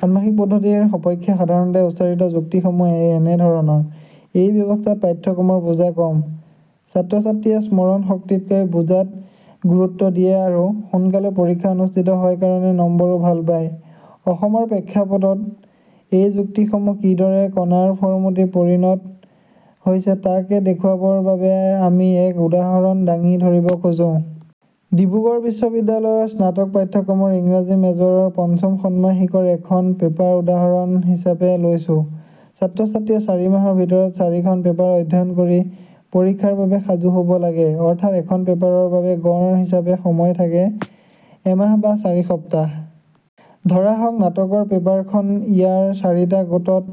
ষাণ্মাসিক পদ্ধতিৰ সপক্ষে সাধাৰণতে উচ্চাৰিত যুক্তিসমূহ এনেধৰণৰ এই ব্যৱস্থাত পাঠ্যক্ৰমৰ বোজা কম। ছাত্ৰছাত্ৰীয়ে স্মৰণশক্তিতকৈ বুজাত গুৰুত্ব দিয়ে আৰু সোনকালে পৰীক্ষা অনুষ্ঠিত হয় কাৰণে নম্বৰো ভাল পায়। অসমৰ প্ৰেক্ষাপটত এই যুক্তিসমূহ কিদৰে কণাৰ ফৰ্মুটি পৰিণত হৈছে তাকে দেখুৱাবৰ বাবে আমি এক উদাহৰণ দাঙি ধৰিব খোজোঁ। ডিব্ৰুগড় বিশ্ববিদ্যালয়ৰ স্নাতক পাঠ্যক্ৰমৰ ইংৰাজী মেজৰৰ পঞ্চম ষাণ্মাসিকৰ এখন পেপাৰ উদাহৰণ হিচাপে লৈছোঁ। ছাত্ৰছাত্ৰীয়ে চাৰিমাহৰ ভিতৰত চাৰিখন পেপাৰ অধ্যয়্ন কৰি পৰীক্ষাৰ বাবে সাজু হব লাগে। অৰ্থাৎ এখন পেপাৰৰ বাবে গড় হিচাপে সময় থাকে এমাহ বা চাৰি সপ্তাহ। ধৰা হওক নাটকৰ পেপাৰখন ইয়াৰ চাৰিটা গোটত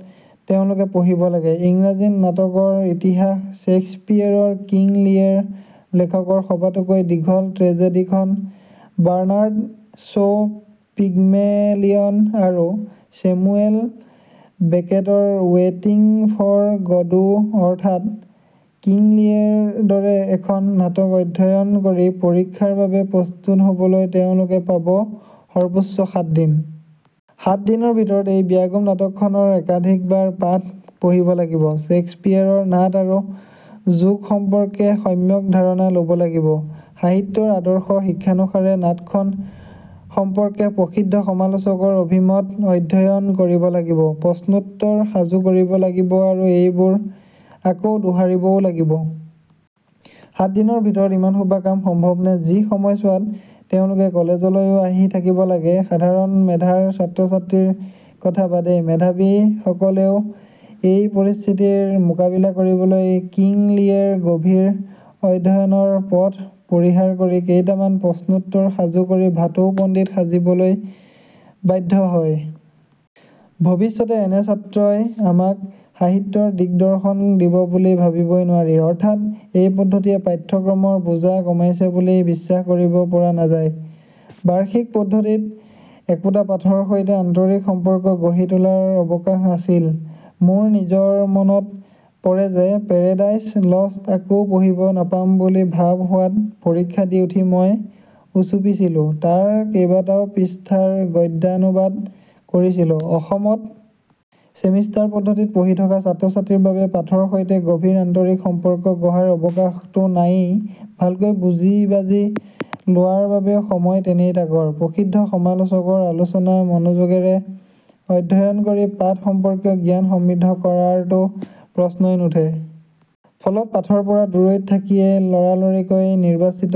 তেওঁলোকে পঢ়িব লাগে। ইংৰাজী নাটকৰ ইতিহাস শ্যেইক্সপীয়েৰৰ কিং লীয়েৰ লেখকৰ সবাতোকৈ দীঘল ট্ৰেজেদিখন বাৰ্নাৰ্ড শ্ব পিগ্মেলিয়ন আৰু ছেমুৱেল বেকেটৰ ৱেটিং ফৰ্ গদো অৰ্থাৎ, কিং লীয়েৰ দৰে এখন নাটক অধ্যয়ন কৰি পৰীক্ষাৰ বাবে প্ৰস্তুত হবলৈ তেওঁলোকে পাব সৰ্বোচ্চ সাত দিন। সাত দিনৰ ভিতৰত এই বিয়াগোম নাটকখনৰ একাধিকবাৰ পাঠ পঢ়িব লাগিব। শ্যেইক্সপীয়েৰৰ নাট আৰু যুগ সম্পৰ্কে সম্যক ধাৰণা লব লাগিব। সাহিত্যৰ আদৰ্শ শিক্ষানুসাৰে নাটখন সম্পৰ্কে প্ৰসিদ্ধ সমালোচকৰ অভিমত অধ্যয়ন কৰিব লাগিব । প্ৰশ্নোত্তৰ সাজু কৰিব লাগিব আৰু এইবোৰ আকৌ দোহাৰিবও লাগিব। সাতদিনৰ ভিতৰত ইমানসোপা কাম সম্ভৱনে? যি সময়ছোৱাত তেওঁলোকে কলেজলৈও আহি থাকিব লাগে। সাধাৰণ মেধাৰ ছাত্ৰছাত্ৰীৰ কথা বাদেই মেধাৱীসকলেও এই পৰিস্থিতিৰ মোকাবিলা কৰিবলৈ কিং লীয়েৰ গভীৰ অধ্যয়নৰ পথ পৰিহাৰ কৰি কেইটামান প্ৰশ্নোত্তৰ সাজু কৰি ভাটৌ পণ্ডিত সাজিবলৈ বাধ্য হয়। ভৱিষ্যতে এনে ছাত্ৰই আমাক সাহিত্যৰ দিগদৰ্শন দিব বুলি ভাবিবই নোৱাৰি। অৰ্থাৎ এই পদ্ধতিয়ে পাঠ্যক্ৰমৰ বোজা কমাইছে বুলি বিশ্বাস কৰিব পৰা নাযায়। বাৰ্ষিক পদ্ধতিত একোটা পাঠৰ সৈতে আন্তৰিক সম্পৰ্ক গঢ়ি তোলাৰ অৱকাশ আছিল। মোৰ নিজৰ মনত পৰে যে পেৰেডাইজ্ লস্ত আকৌ পঢ়িব নাপাম বুলি ভাৱ হোৱাত পৰীক্ষা দি উঠি মই উচুপিছিলোঁতাৰ কেবাটাও পৃষ্ঠাৰ গদ্যানুবাদ কৰিছিলোঁ। অসমত ছেমিষ্টাৰ পদ্ধতিত পঢ়ি থকা ছাত্ৰছাত্ৰীৰ বাবে পাঠৰ সৈতে গভীৰ আন্তৰিক সম্পৰ্ক গঢ়াৰ অৱকাশতো নায়েই, ভালকৈ বুজিবাজি লোৱাৰ বাবেও সময় তেনেই তাকৰ। প্ৰসিদ্ধ সমালোচকৰ আলোচনা মনোযোগেৰে অধ্যয়ন কৰি পাঠ সম্পৰ্কীয় জ্ঞান সমৃদ্ধ কৰাৰতো প্ৰশ্নই নুঠে। ফলত পাঠৰ পৰা দূৰৈত থাকিয়ে লৰালৰিকৈ নিৰ্বাচিত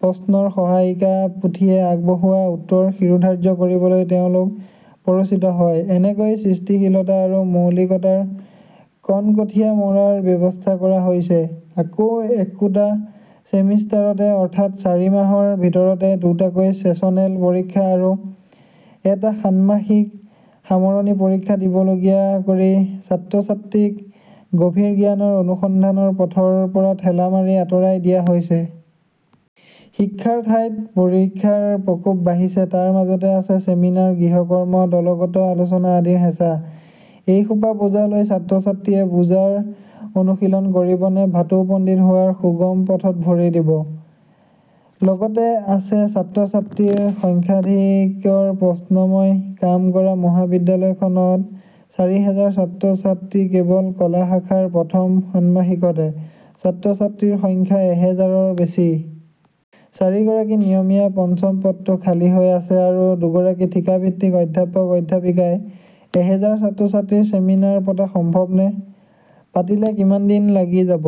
প্ৰশ্নৰ সহায়িকা পুথিয়ে আগবঢ়োৱা উত্তৰ শিৰোধাৰ্য কৰিবলৈ তেওঁলোক প্ৰৰোচিত হয়। এনেকৈ সৃষ্টিশীলতা আৰু মৌলিকতাৰ কণকঠীয়া মৰাৰ ব্যৱস্থা কৰা হৈছে। আকৌ একোটা ছেমিষ্টাৰতে অৰ্থাৎ চাৰিমাহৰ ভিতৰতে দুটাকৈ ছেছনেল পৰীক্ষা আৰু এটা ষাণ্মাসিক সামৰণি পৰীক্ষা দিবলগীয়া কৰি ছাত্ৰছাত্ৰীক গভীৰ জ্ঞানৰ অনুসন্ধানৰ পথৰ পৰা ঠেলা মাৰি আতৰাই দিয়া হৈছে। শিক্ষাৰ ঠাইত পৰীক্ষাৰ প্ৰকোপ বাঢ়িছে তাৰ মাজতে আছে চেমিনাৰ গৃ্হকৰ্ম দলগত আলোচনা আদিৰ হেঁচা। এইসোপা বোজা লৈ ছাত্ৰছাত্ৰীয়ে বুজাৰ অনুশীলন কৰিব নে? ভাটৌপণ্ডিত হোৱাৰ সুগম পথত ভৰি দিব। লগতে আছে ছাত্ৰছাত্ৰীৰ সংখ্যাধিক্যৰ প্ৰশ্নমই কাম কৰা মহাবিদ্যালয়খনত চাৰি হেজাৰ ছাত্ৰছাত্ৰীকেৱল কলা শাখাৰ প্ৰথম ষাণ্মাসিকতে ছাত্ৰছাত্ৰীৰ সংখ্যা এহেজাৰৰ বেছি। চাৰিগৰাকী নিয়মীয়া পঞ্চম পদটো খালী হৈ আছে আৰু দুগৰাকী ঠিকাভিত্তিক অধ্যাপক অধ্যাপিকাই এহেজাৰ ছাত্ৰছাত্ৰীৰ চেমিনাৰ পতা সম্ভৱ নে? পাতিলে কিমান দিন লাগি যাব?